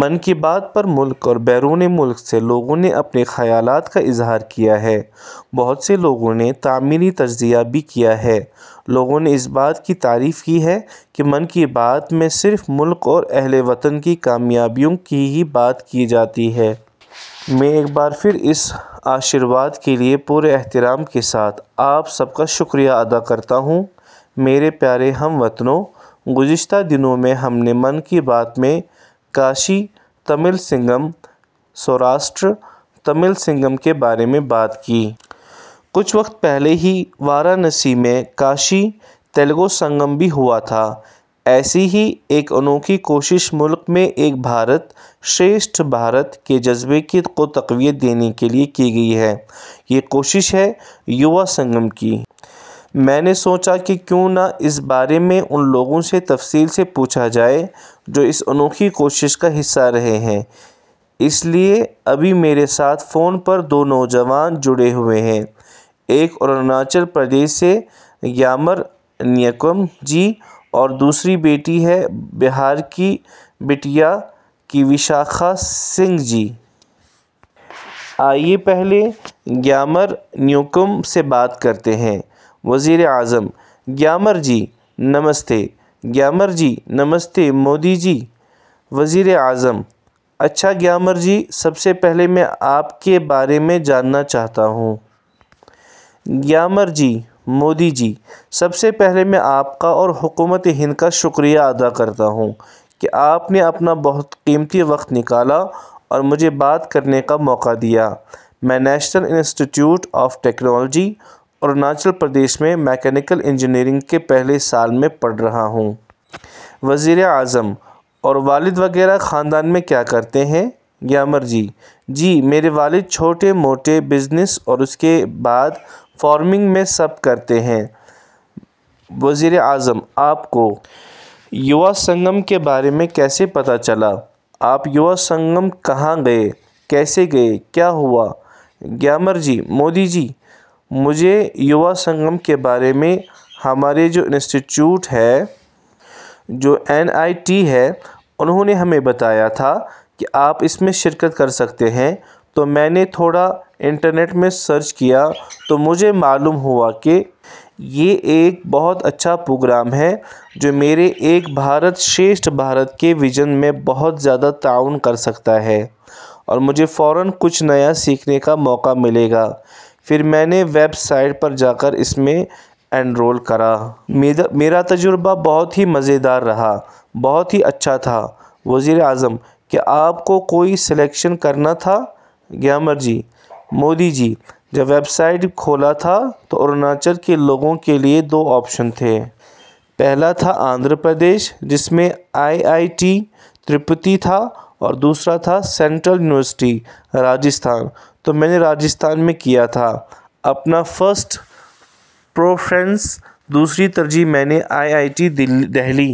'من کی بات' پر ملک اور بیرون ملک سے لوگوں نے اپنے خیالات کا اظہار کیا ہے۔ بہت سے لوگوں نے تعمیری تجزیہ بھی کیا ہے۔ لوگوں نے اس بات کی تعریف کی ہے کہ 'من کی بات' میں صرف ملک اور اہل وطن کی کامیابیوں کی ہی بات کی جاتی ہے۔ میں ایک بار پھر اس آشیرواد کے لیے پورے احترام کے ساتھ آپ سب کا شکریہ ادا کرتا ہوں۔ میرے پیارے ہم وطنو، گذشتہ دنوں میں ہم نے 'من کی بات' میں کاشی-تمل سنگم، سوراشٹر-تمل سنگم کے بارے میں بات کی۔ کچھ وقت پہلے ہی وارانسی میں کاشی-تیلگو سنگمم بھی ہوا تھا۔ ایسی ہی ایک انوکھی کوشش ملک میں ایک بھارت، شریشٹھ بھارت کے جذبے کو تقویت دینے کے لیے کی گئی ہے۔ یہ کوشش ہے ، یووا سنگم کی۔ میں نے سوچا کہ کیوں نہ اس بارے میں ان لوگوں سے تفصیل سے پوچھا جائے ، جو اس انوکھی کوشش کا حصہ رہے ہیں۔ اس لیے ابھی میرے ساتھ فون پر دو نوجوان جڑے ہوئے ہیں – ایک اروناچل پردیش سے گیامر نیوکُم جی اور دوسری بیٹی ہے ، بہار کی بٹیا کی وشاکھا سنگھ جی۔ آئیے پہلے گیامر نیوکُم سے بات کرتے ہیں۔ وزیر اعظم: گیامر جی، نمستے! گیامر جی: نمستے مودی جی! وزیر اعظم: اچھا گیامر جی، سب سے پہلے میں آپ کے بارے میں جاننا چاہتا ہوں۔ گیامر جی – مودی جی، سب سے پہلے میں آپ کا اور حکومت ہند کا شکریہ ادا کرتا ہوں کہ آپ نے اپنا بہت قیمتی وقت نکالا اور مجھے بات کرنے کا موقع دیا، میں national institute of technology, Arunachal Pradesh میں مکینیکل انجینئرنگ کے پہلے سال میں پڑھ رہا ہوں۔ وزیر اعظم: اور والد وغیرہ خاندان میں کیا کرتے ہیں ؟ گیامر جی: جی ، میرے والد چھوٹے موٹے بزنس اور اس کے بعد فارمنگ میں سب کرتے ہیں۔ وزیر اعظم: آپ کو یووا سنگم کے بارے میں کیسے پتہ چلا، آپ یووا سنگم کہاں گئے، کیسے گئے، کیا ہوا؟ گیامر جی: مودی جی، مجھے یووا سنگم کے بارے میں ، ہمارا جو انسٹی ٹیوٹ ہے ، جو این آئی ٹی ہیں ، انہوں نے ہمیں بتایا تھا کہ آپ اس میں شرکت کر سکتے ہیں تو میں نے تھوڑا انٹرنیٹ میں سرچ کیا تو مجھے معلوم ہوا کہ یہ ایک بہت اچھا پروگرام ہے، جو میرے ایک بھارت شریشٹھ بھارت کے ویژن میں بہت زیادہ تعاون کر سکتا ہے اور مجھے فوراً کچھ نیا سیکھنے کا موقع ملے گا، پھر میں نے ویب سائٹ پر جا کر اس میں اینرول کرا۔ میرا تجربہ بہت ہی مزیدار رہا ، بہت ہی اچھا تھا۔ وزیراعظم: کیا آپ کو کوئی سلیکشن کرنا تھا؟ گیامر جی: مودی جی ، جب ویب سائٹ کھولا تھا تو اروناچل کے لوگوں کے لیے دو آپشن تھے۔ پہلا تھا ، آندھرا پردیش ، جس میں آئی آئی ٹی تروپتی تھا اور دوسرا تھا ، سنٹرل یونیورسٹی، راجستھان۔ تو میں نے راجستھان میں کیا تھا ، اپنا فرسٹ پریفرینس۔ دوسری ترجیح میں نے آئی آئی. نئی دہلی۔